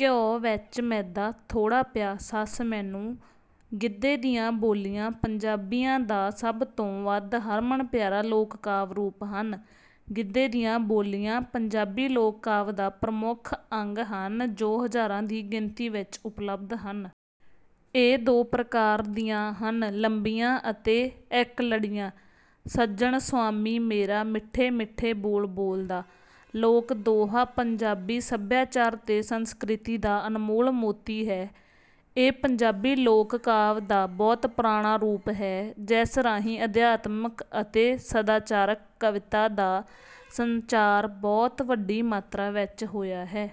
“ਘਿਓ ਵਿੱਚ ਮੈਦਾ ਥੋੜ੍ਹਾ ਪਿਆ, ਸੱਸ ਮੈਨੂੰ ...” ਗਿੱਧੇ ਦੀਆਂ ਬੋਲੀਆਂ ਪੰਜਾਬੀਆਂ ਦਾ ਸਭ ਤੋਂ ਵੱਧ ਹਰਮਨ-ਪਿਆਰਾ ਲੋਕ-ਕਾਵਿ ਰੂਪ ਹਨ। ਗਿੱਧੇ ਦੀਆਂ ਬੋਲੀਆਂ ਪੰਜਾਬੀ ਲੋਕ-ਕਾਵਿ ਦਾ ਪ੍ਰਮੁੱਖ ਅੰਗ ਹਨ, ਜੋ ਹਜ਼ਾਰਾਂ ਦੀ ਗਿਣਤੀ ਵਿੱਚ ਉਪਲੱਬਧ ਹਨ। ਇਹ ਦੋ ਪ੍ਰਕਾਰ ਦੀਆਂ ਹਨ—ਲੰਬੀਆਂ ਅਤੇ ਇੱਕ-ਲੜੀਆਂ। “ਸੱਜਣ ਸੁਆਮੀ ਮੇਰਾ, ਮਿੱਠੇ-ਮਿੱਠੇ ਬੋਲ ਬੋਲਦਾ।” ਲੋਕ-ਦੋਹਾ ਪੰਜਾਬੀ ਸੱਭਿਆਚਾਰ ਤੇ ਸੰਸਕ੍ਰਿਤੀ ਦਾ ਅਨਮੋਲ ਮੋਤੀ ਹੈ। ਇਹ ਪੰਜਾਬੀ ਲੋਕ-ਕਾਵਿ ਦਾ ਬਹੁਤ ਪੁਰਾਣਾ ਰੂਪ ਹੈ, ਜਿਸ ਰਾਹੀਂ ਅਧਿਆਤਮਕ ਅਤੇ ਸਦਾਚਾਰਕ ਕਵਿਤਾ ਦਾ ਸੰਚਾਰ ਬਹੁਤ ਵੱਡੀ ਮਾਤਰਾ ਵਿੱਚ ਹੋਇਆ ਹੈ।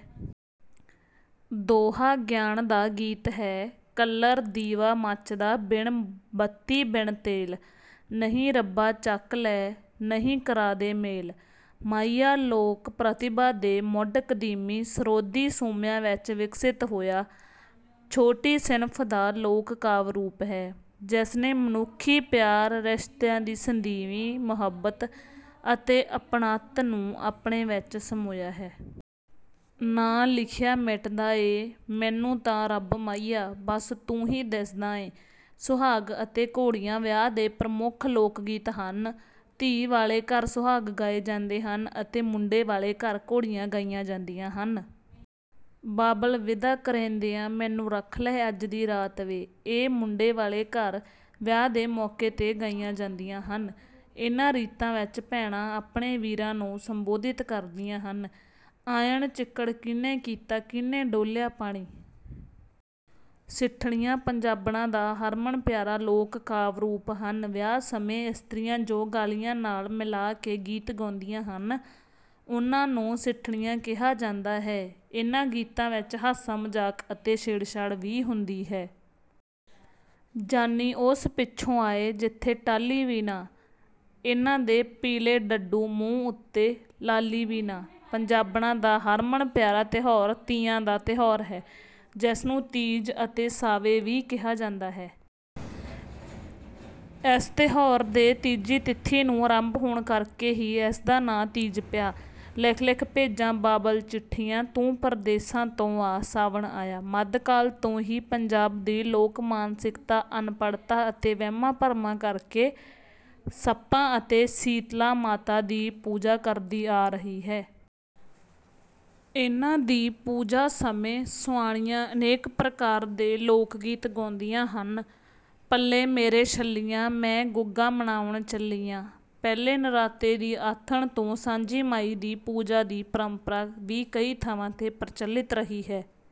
ਦੋਹਾ ਗਿਆਨ ਦਾ ਗੀਤ ਹੈ। “ਕੱਲਰ ਦੀਵਾ ਮੱਚਦਾ, ਬਿਨ ਬੱਤੀ ਬਿਨ ਤੇਲ; ਨਹੀਂ ਰੱਬਾ, ਚੱਕ ਲੈ; ਨਹੀਂ ਕਰਾ ਦੇ ਮੇਲ।” ‘ਮਾਹੀਆ’ ਲੋਕ-ਪ੍ਰਤਿਭਾ ਦੇ ਮੁੱਢ-ਕਦੀਮੀ ਸਰੋਦੀ ਸੋਮਿਆਂ ਵਿੱਚੋਂ ਵਿਕਸਿਤ ਹੋਇਆ ਛੋਟੀ ਸਿਨਫ਼ ਦਾ ਲੋਕ-ਕਾਵਿ ਰੂਪ ਹੈ, ਜਿਸ ਨੇ ਮਨੁੱਖੀ ਪਿਆਰ, ਰਿਸ਼ਤਿਆਂ ਦੀ ਸਦੀਵੀਂ ਮੁਹੱਬਤ ਅਤੇ ਅਪਣੱਤ ਨੂੰ ਆਪਣੇ ਵਿੱਚ ਸਮੋਇਆ ਹੋਇਆ ਹੈ। “ਨਾ ਲਿਖਿਆ ਮਿਟਦਾ ਏ, ਮੈਨੂੰ ਤਾਂ ਰੱਬ ਮਾਹੀਆ, ਬੱਸ ਤੂੰ ਹੀ ਦਿਸਦਾ ਏ।” ‘ਸੁਹਾਗ’ ਅਤੇ ‘ਘੋੜੀਆਂ’ ਵਿਆਹ ਦੇ ਪ੍ਰਮੁੱਖ ਲੋਕ-ਗੀਤ ਹਨ। ਧੀ ਵਾਲੇ ਘਰ ਸੁਹਾਗ ਗਾਏ ਜਾਂਦੇ ਹਨ ਅਤੇ ਮੁੰਡੇ ਵਾਲੇ ਘਰ ਘੋੜੀਆਂ ਗਾਈਆਂ ਜਾਂਦੀਆਂ ਹਨ। “ਬਾਬਲ, ਵਿਦਾ ਕਰੇਂਦਿਆ, ਮੈਨੂੰ ਰੱਖ ਲੈ ਅੱਜ ਦੀ ਰਾਤ ਵੇ।” ਇਹ ਮੁੰਡੇ ਵਾਲੇ ਘਰ ਵਿਆਹ ਦੇ ਮੌਕੇ ’ਤੇ ਗਾਈਆਂ ਜਾਂਦੀਆਂ ਹਨ। ਇਨ੍ਹਾਂ ਰੀਤਾਂ ਵਿੱਚ ਭੈਣਾਂ ਆਪਣੇ ਵੀਰਾਂ ਨੂੰ ਸੰਬੋਧਿਤ ਹੁੰਦੀਆਂ ਹਨ। “ਆਇਣ ਚਿੱਕੜ ਕੀਹਨੇ ਕੀਤਾ, ਕੀਹਨੇ ਡੋਲ੍ਹਿਆ ਪਾਣੀ?” ਸਿੱਠਣੀਆਂ ਪੰਜਾਬਣਾਂ ਦਾ ਹਰਮਨ-ਪਿਆਰਾ ਲੋਕ-ਕਾਵਿ ਰੂਪ ਹਨ। ਵਿਆਹ ਸਮੇਂ ਇਸਤਰੀਆਂ ਜੋ ਗਾਲੀਆਂ ਨਾਲ ਮਿਲਾ ਕੇ ਗੀਤ ਗਾਉਂਦੀਆਂ ਹਨ, ਉਨ੍ਹਾਂ ਨੂੰ ਸਿੱਠਣੀਆਂ ਕਿਹਾ ਜਾਂਦਾ ਹੈ। ਇਨ੍ਹਾਂ ਗੀਤਾਂ ਵਿੱਚ ਹਾਸਾ-ਮਜ਼ਾਕ ਅਤੇ ਛੇੜਛਾੜ ਵੀ ਹੁੰਦੀ ਹੈ। “ਜਾਨੀ ਉਸ ਪਿੱਛੋਂ ਆਏ, ਜਿੱਥੇ ਟਾਹਲੀ ਵੀ ਨਾ; ਇਨ੍ਹਾਂ ਦੇ ਪੀਲੇ ਡੱਡੂ, ਮੂੰਹ ਉੱਤੇ ਲਾਲੀ ਵੀ ਨਾ।” ਪੰਜਾਬਣਾਂ ਦਾ ਹਰਮਨ-ਪਿਆਰਾ ਤਿਉਹਾਰ ‘ਤੀਆਂ’ ਦਾ ਤਿਉਹਾਰ ਹੈ, ਜਿਸ ਨੂੰ ‘ਤੀਜ’ ਅਤੇ ‘ਸਾਵੇ’ ਵੀ ਕਿਹਾ ਜਾਂਦਾ ਹੈ। ਇਸ ਤਿਉਹਾਰ ਦੇ ਤੀਜੀ ਤਿਥੀ ਨੂੰ ਆਰੰਭ ਹੋਣ ਕਰਕੇ ਹੀ ਇਸ ਦਾ ਨਾਂ ‘ਤੀਜ’ ਪਿਆ। “ਲਿਖ-ਲਿਖ ਭੇਜਾਂ ਬਾਬਲ ਚਿੱਠੀਆਂ, ਤੂੰ ਪਰਦੇਸਾਂ ਤੋਂ ਆ; ਸਾਵਣ ਆਇਆ।” ਮੱਧਕਾਲ ਤੋਂ ਹੀ ਪੰਜਾਬ ਦੀ ਲੋਕ-ਮਾਨਸਿਕਤਾ ਅਨਪੜ੍ਹਤਾ ਅਤੇ ਵਹਿਮਾਂ-ਭਰਮਾਂ ਕਰਕੇ ਸੱਪਾਂ ਅਤੇ ਸੀਤਲਾ ਮਾਤਾ ਦੀ ਪੂਜਾ ਕਰਦੀ ਆ ਰਹੀ ਹੈ। ਇਨ੍ਹਾਂ ਦੀ ਪੂਜਾ ਸਮੇਂ ਸੁਆਣੀਆਂ ਅਨੇਕ ਪ੍ਰਕਾਰ ਦੇ ਲੋਕ-ਗੀਤ ਗਾਉਂਦੀਆਂ ਹਨ। “ਪੱਲੇ ਮੇਰੇ ਛੱਲੀਆਂ, ਮੈਂ ਗੁੱਗਾ ਮਨਾਵਣ ਚੱਲੀ ਆਂ।” ਪਹਿਲੇ ਨਰਾਤੇ ਦੀ ਆਥਣ ਤੋਂ ‘ਸਾਂਝੀ ਮਾਈ’ ਦੀ ਪੂਜਾ ਦੀ ਪਰੰਪਰਾ ਵੀ ਕਈ ਥਾਵਾਂ ’ਤੇ ਪ੍ਰਚਲਿਤ ਰਹੀ ਹੈ।